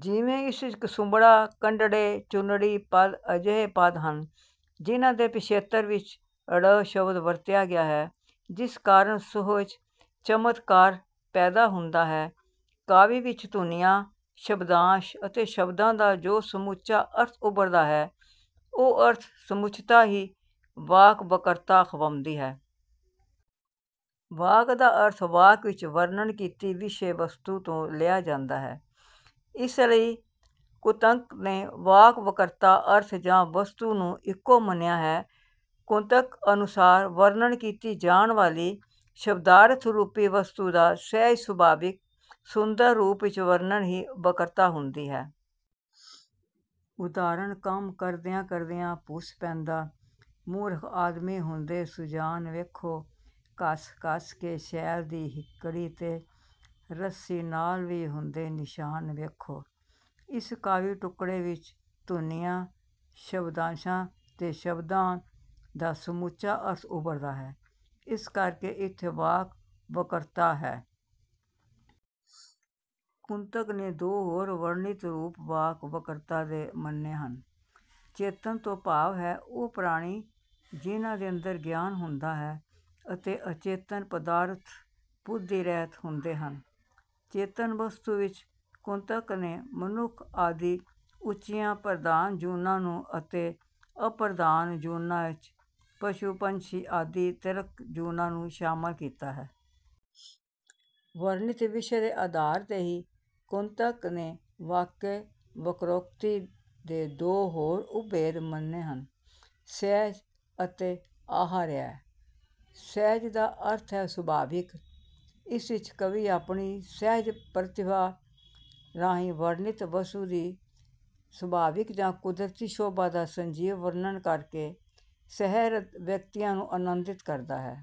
ਜਿਵੇਂ ਇਸ ਵਿੱਚ ਕਸੁੰਭੜਾ, ਕੰਡੜੇ, ਚੁੰਨੜੀ ਪਦ ਅਜਿਹੇ ਪਦ ਹਨ ਜਿਹਨਾਂ ਦੇ ਪਿਛੇਤਰ ਵਿੱਚ 'ੜ' ਸ਼ਬਦ ਵਰਤਿਆ ਗਿਆ ਹੈ ਜਿਸ ਕਾਰਨ ਸੁਹਜ-ਚਮਤਕਾਰ ਪੈਦਾ ਹੁੰਦਾ ਹੈ। ਕਾਵਿ ਵਿੱਚ ਧੁਨੀਆਂ, ਸ਼ਬਦਾਂਸ਼ ਅਤੇ ਸ਼ਬਦਾਂ ਦਾ ਜੋ ਸਮੁੱਚਾ ਅਰਥ ਉਭਰਦਾ ਹੈ ਉਹ ਅਰਥ-ਸਮੁੱਚਤਾ ਹੀ 'ਵਾਕ ਵਕ੍ਰਤਾ' ਅਖਵਾਉਂਦੀ ਹੈ। ਵਾਕ ਦਾ ਅਰਥ ਵਾਕ ਵਿੱਚ ਵਰਣਨ ਕੀਤੀ ਵਿਸ਼ੇ-ਵਸਤੂ ਤੋਂ ਲਿਆ ਜਾਂਦਾ ਹੈ। ਇਸ ਲਈ ਕੁੰਤਕ ਨੇ ਵਾਕ ਵਕ੍ਰਤਾ, ਅਰਥ ਜਾਂ ਵਸਤੂ ਨੂੰ ਇੱਕੋ ਮੰਨਿਆ ਹੈ। ਕੁੰਤਕ ਅਨੁਸਾਰ "ਵਰਣਨ ਕੀਤੀ ਜਾਣ ਵਾਲੀ ਸ਼ਬਦਾਰਥ ਰੂਪੀ ਵਸਤੂ ਦਾ ਸਹਿਜ ਸੁਭਾਵਿਕ ਸੁੰਦਰ ਰੂਪ ਵਿੱਚ ਵਰਣਨ ਹੀ ਵਕ੍ਰਤਾ ਹੁੰਦੀ ਹੈ"। ਉਦਾਹਰਣ "ਕੰਮ ਕਰਦਿਆਂ-ਕਰਦਿਆਂ ਭੁਸ ਪੈਂਦਾ, ਮੂਰਖ ਆਦਮੀ ਹੁੰਦੇ ਸੁਜਾਨ ਵੇਖੋ। ਘੱਸ-ਘੱਸ ਕੇ ਸ਼ੈਲ ਦੀ ਹਿੱਕੜੀ ਤੇ, ਰੱਸੀ ਨਾਲ ਵੀ ਹੁੰਦੇ ਨਿਸ਼ਾਨ ਵੇਖੋ"। ਇਸ ਕਾਵਿ ਟੁੱਕੜੇ ਵਿੱਚ ਧੁਨੀਆਂ, ਸ਼ਬਦਾਂਸ਼ਾਂ ਤੇ ਸ਼ਬਦਾਂ ਦਾ ਸਮੁੱਚਾ ਅਰਥ ਉਭਰਦਾ ਹੈ ਇਸ ਕਰਕੇ ਇੱਥੇ ਵਾਕ ਵਕ੍ਰਤਾ ਹੈ। ਕੁੰਤਕ ਨੇ ਦੋ ਹੋਰ ਵਰਣਿਤ ਰੂਪ ਵਾਕ ਵਕ੍ਰਤਾ ਦੇ ਮੰਨੇ ਹਨ। ਚੇਤਨ ਤੋਂ ਭਾਵ ਹੈ ਉਹ ਪ੍ਰਾਣੀ ਜਿਨ੍ਹਾਂ ਦੇ ਅੰਦਰ ਗਿਆਨ ਹੁੰਦਾ ਹੈ ਅਤੇ ਅਚੇਤਨ ਪਦਾਰਥ ਬੁੱਧੀ ਰਹਿਤ ਹੁੰਦੇ ਹਨ। ਚੇਤਨ ਵਸਤੂ ਵਿੱਚ ਕੁੰਤਕ ਨੇ ਮਨੁੱਖ ਆਦਿ ਉੱਚੀਆਂ ਪ੍ਰਧਾਨ ਜੂਨਾਂ ਨੂੰ ਅਤੇ ਅਪ੍ਰਧਾਨ ਜੂਨਾਂ ਵਿੱਚ ਪਸ਼ੂ ਪੰਛੀ ਆਦਿ ਤਿਰਕ ਜੂਨਾਂ ਨੂੰ ਸ਼ਾਮਲ ਕੀਤਾ ਹੈ। ਵਰਣਿਤ ਵਿਸ਼ੇ ਦੇ ਆਧਾਰ ਤੇ ਹੀ ਕੁੰਤਕ ਨੇ ਵਾਕਯ ਵਕ੍ਰੋਕਤੀ ਦੇ ਦੋ ਹੋਰ ਉਪਭੇਦ ਮੰਨੇ ਹਨ ਸਹਿਜ ਅਤੇ ਆਹਰਯ। 'ਸਹਿਜ' ਦਾ ਅਰਥ ਹੈ ਸੁਭਾਵਿਕ। ਇਸ ਵਿੱਚ ਕਵੀ ਆਪਣੀ ਸਹਿਜ ਪ੍ਰਤਿਭਾ ਰਾਹੀਂ ਵਰਣਿਤ ਵਸਤੂ ਦੀ ਸੁਭਾਵਿਕ ਜਾਂ ਕੁਦਰਤੀ ਸ਼ੋਭਾ ਦਾ ਸੰਜੀਵ ਵਰਣਨ ਕਰਕੇ ਸਹਿਰਦ ਵਿਅਕਤੀਆਂ ਨੂੰ ਆਨੰਦਿਤ ਕਰਦਾ ਹੈ।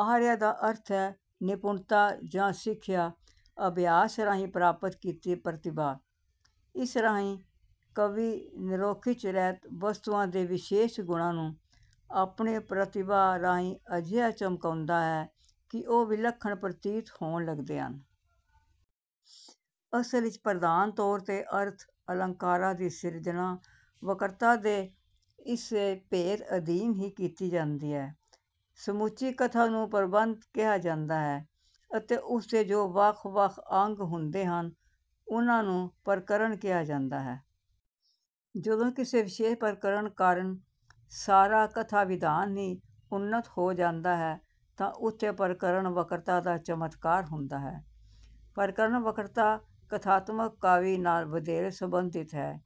'ਆਹਰਯ' ਦਾ ਅਰਥ ਹੈ 'ਨਿਪੁਣਤਾ' ਜਾਂ 'ਸਿੱਖਿਆ' ਅਭਿਆਸ ਰਾਹੀਂ ਪ੍ਰਾਪਤ ਕੀਤੀ ਪ੍ਰਤਿਭਾ। ਇਸ ਰਾਹੀਂ ਕਵੀ ਨਿਰੋਖਿੱਚ ਰਹਿਤ ਵਸਤੂਆਂ ਦੇ ਵਿਸ਼ੇਸ਼ ਗੁਣਾਂ ਨੂੰ ਆਪਣੀ ਪ੍ਰਤਿਭਾ ਰਾਹੀਂ ਅਜਿਹਾ ਚਮਕਾਉਂਦਾ ਹੈ ਕਿ ਉਹ ਵਿਲੱਖਣ ਪ੍ਰਤੀਤ ਹੋਣ ਲੱਗਦੇ ਹਨ। ਅਸਲ ਵਿੱਚ ਪ੍ਰਧਾਨ ਤੌਰ 'ਤੇ ਅਰਥ ਅਲੰਕਾਰਾਂ ਦੀ ਸਿਰਜਣਾ ਵਕ੍ਰਤਾ ਦੇ ਇਸੇ ਭੇਦ ਅਧੀਨ ਹੀ ਕੀਤੀ ਜਾਂਦੀ ਹੈ। ਸਮੁੱਚੀ ਕਥਾ ਨੂੰ ਪ੍ਰਬੰਧ ਕਿਹਾ ਜਾਂਦਾ ਹੈ ਅਤੇ ਉਸਦੇ ਜੋ ਵੱਖ-ਵੱਖ ਅੰਗ ਹੁੰਦੇ ਹਨ ਉਹਨਾਂ ਨੂੰ 'ਪ੍ਰਕਰਣ' ਕਿਹਾ ਜਾਂਦਾ ਹੈ। ਜਦੋਂ ਕਿਸੇ ਵਿਸ਼ੇਸ਼ ਪ੍ਰਕਰਣ ਕਾਰਨ ਸਾਰਾ ਕਥਾ ਵਿਧਾਨ ਹੀ ਉੱਨਤ ਹੋ ਜਾਂਦਾ ਹੈ ਤਾਂ ਉੱਥੇ ਪ੍ਰਕਰਣ ਵਕ੍ਰਤਾ ਦਾ ਚਮਤਕਾਰ ਹੁੰਦਾ ਹੈ। ਪ੍ਰਕਰਣ ਵਕ੍ਰਤਾ 'ਕਥਾਤਮਕ ਕਾਵਿ' ਨਾਲ ਵਧੇਰੇ ਸੰਬੰਧਿਤ ਹੈ।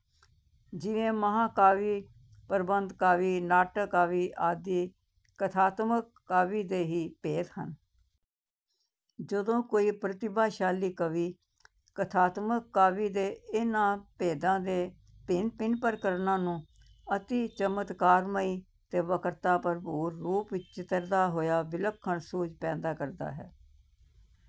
ਜਿਵੇਂ ਮਹਾਕਾਵਿ, ਪ੍ਰਬੰਧ ਕਾਵਿ, ਨਾਟਕ ਕਾਵਿ ਆਦਿ ਕਥਾਤਮਕ ਕਾਵਿ ਦੇ ਹੀ ਭੇਦ ਹਨ। ਜਦੋਂ ਕੋਈ ਪ੍ਰਤਿਭਾਸ਼ਾਲੀ ਕਵੀ ਕਥਾਤਮਕ ਕਾਵਿ ਦੇ ਇਹਨਾਂ ਭੇਦਾਂ ਦੇ ਭਿੰਨ-ਭਿੰਨ ਪ੍ਰਕਰਣਾਂ ਨੂੰ ਅਤਿ ਚਮਤਕਾਰਮਈ ਤੇ ਵਕ੍ਰਤਾ ਭਰਪੂਰ ਰੂਪ ਵਿੱਚ ਚਿਤਰਦਾ ਹੋਇਆ ਵਿਲੱਖਣ ਸੁਹਜ ਪੈਦਾ ਕਰਦਾ ਹੈ।